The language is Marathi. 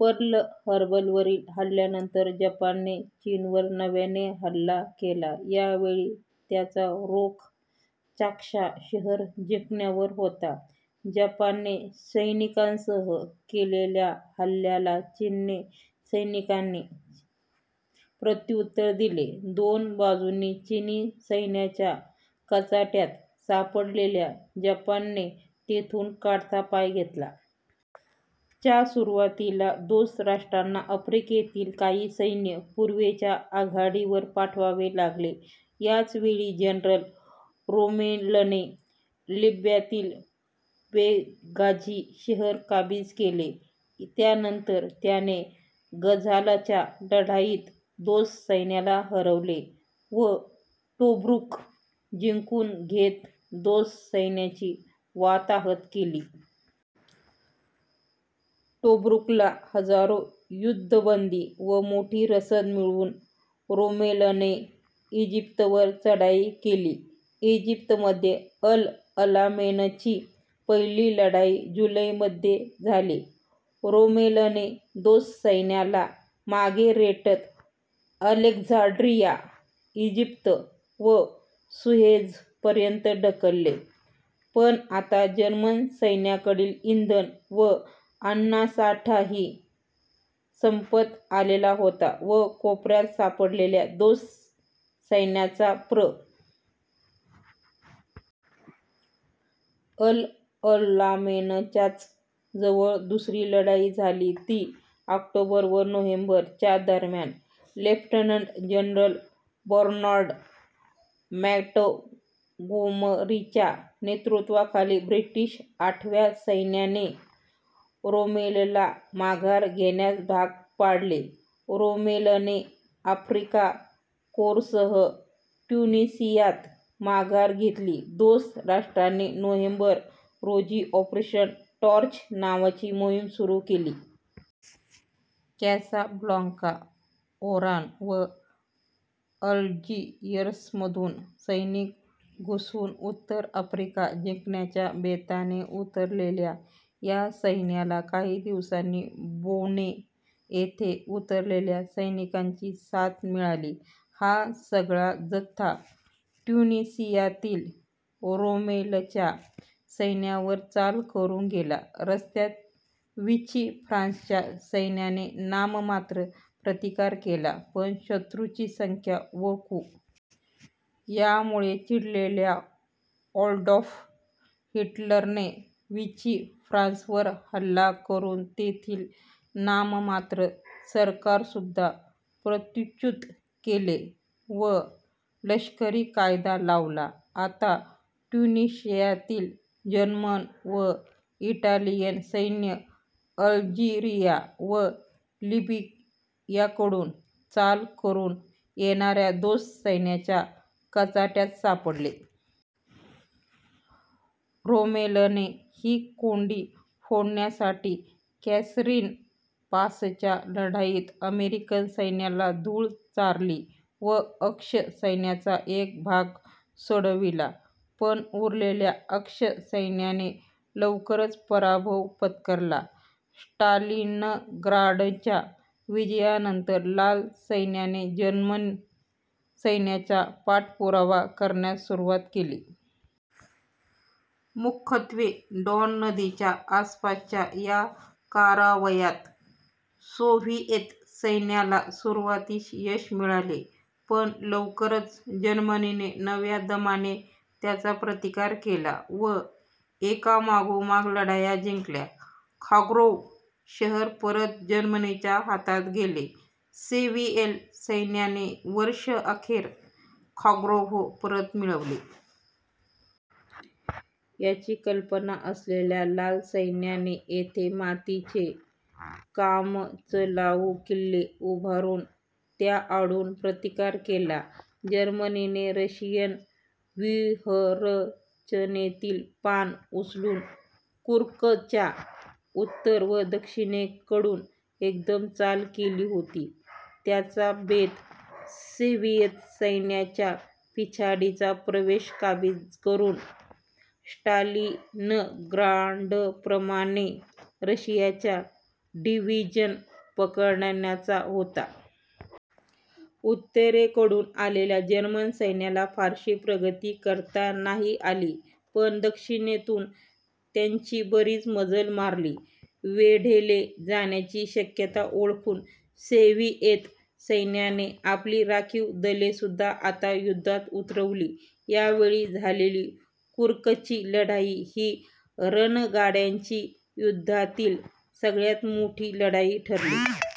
पर्ल हार्बरवरील हल्ल्यानंतर जपानने चीनवर नव्याने हल्ला केला. यावेळी त्यांचा रोख चांग्शा शहर जिंकण्यावर होता. जपानने सैनिकांसह केलेल्या हल्ल्याला चीनने सैनिकांनी प्रत्युत्तर दिले. दोन बाजूंनी चीनी सैन्याच्या कचाट्यात सापडलेल्या जपानने तेथून काढता पाय घेतला. च्या सुरुवातीला दोस्त राष्ट्रांना आफ्रिकेतील काही सैन्य पूर्वेच्या आघाडीवर पाठवावे लागले. याच वेळी जनरल रोमेलने लिब्यातील बेंगाझी शहर काबीज केले. त्यानंतर त्याने गझालाच्या लढाईत दोस्त सैन्याला हरवले व टोब्रुक जिंकून घेत दोस्त सैन्याची वाताहत केली. टोब्रुकला हजारो युद्धबंदी व मोठी रसद मिळवून रोमेलने इजिप्तवर चढाई केली. इजिप्तमध्ये अल अलामेनची पहिली लढाई जुलै मध्ये झाली. रोमेलने दोस्त सैन्याला मागे रेटत अलेक्झांड्रिया, इजिप्त व सुएझपर्यंत ढकलले पण आता जर्मन सैन्याकडील इंधन व अन्नसाठाही संपत आलेला होता व कोपऱ्यात सापडलेल्या दोस्त सैन्याचा प्रतिकारही तिखट झाला होता. अल अलामेनच्याच जवळ दुसरी लढाई झाली ती ऑक्टोबर व नोव्हेंबर च्या दरम्यान. लेफ्टनंट जनरल बर्नार्ड मॉॅंटगोमरीच्या नेतृत्वाखाली ब्रिटिश आठव्या सैन्याने रोमेलला माघार घेण्यास भाग पाडले. रोमेलने आफ्रिका कोरसह ट्युनिसियात माघार घेतली दोस्त राष्ट्रांनी नोव्हेंबर, रोजी ऑपरेशन टॉर्च नावाची मोहीम सुरू केली. कॅसाब्लांका, ओरान व अल्जीयर्समधून सैनिक घुसवून उत्तर आफ्रिका जिंकण्याच्या बेताने उतरलेल्या या सैन्याला काही दिवसांनी बोने येथे उतरलेल्या सैनिकांची साथ मिळाली. हा सगळा जथा ट्युनिसियातील रोमेलच्या सैन्यावर चाल करून गेला. रस्त्यात विची फ्रान्सच्या सैन्याने नाममात्र प्रतिकार केला पण शत्रूची संख्या व कुवत पाहून लगेचच हत्यारे खाली ठेवली. यामुळे चिडलेल्या ॲडॉल्फ हिटलरने वीचि फ्रान्सवर हल्ला करून तेथील नाममात्र सरकारसुद्धा पदच्युत केले व लष्करी कायदा लावला. आता ट्यूनीशियातील जर्मन व इटालियन सैन्य अल्जीरिया व लीबियाकडून चाल करून येणाऱ्या दोस्त सैन्याच्या कचाट्यात सापडले. रोमेलने ही कोंडी फोडण्यासाठी कॅसरीन पासच्या लढाईत अमेरिकन सैन्याला धूळ चारली व अक्ष सैन्याचा एक भाग सोडवला. पण उरलेल्या अक्ष सैन्याने लवकरच पराभव पत्करला. स्टालिनग्राडच्या विजयानंतर लाल सैन्याने जर्मन सैन्याचा पाठपुरावा करण्यास सुरुवात केली. मुख्यत्वे डॉन नदीच्या आसपासच्या या कारवायात सोव्हिएत सैन्याला सुरुवातीस यश मिळाले पण लवकरच जर्मनीने नव्या दमाने त्यांचा प्रतिकार केला व एकामागोमाग लढाया जिंकल्या. खार्कोव्ह शहर परत जर्मनीच्या हातात गेले. सोव्हिएत सैन्याने वर्षअखेर खार्कोव्ह परत मिळवले. याची कल्पना असलेल्या लाल सैन्याने येथे मातीचे कामचलाउ किल्ले उभारून त्याआडून प्रतिकार केला. जर्मनीने रशियन व्यूहरचनेतील पान उचलून कुर्स्कच्या उत्तर व दक्षिणेकडून एकदम चाल केली होती. त्यांचा बेत सोव्हिएत सैन्याच्या पिछाडीचा प्रदेश काबीज करून स्टालिनग्राडप्रमाणे रशियाच्या डिव्हिजन पकडण्याचा होता. उत्तरेकडून आलेल्या जर्मन सैन्याला फारशी प्रगती करता नाही आली पण दक्षिणेतून त्यांनी बरीच मजल मारली. वेढले जाण्याची शक्यता ओळखून सोव्हिएत सैन्याने आपली राखीव दलेसुद्धा आता युद्धात उतरवली. यावेळी झालेली कुर्स्कची लढाई ही रणगाड्यांची युद्धातील सगळ्यात मोठी लढाई ठरली.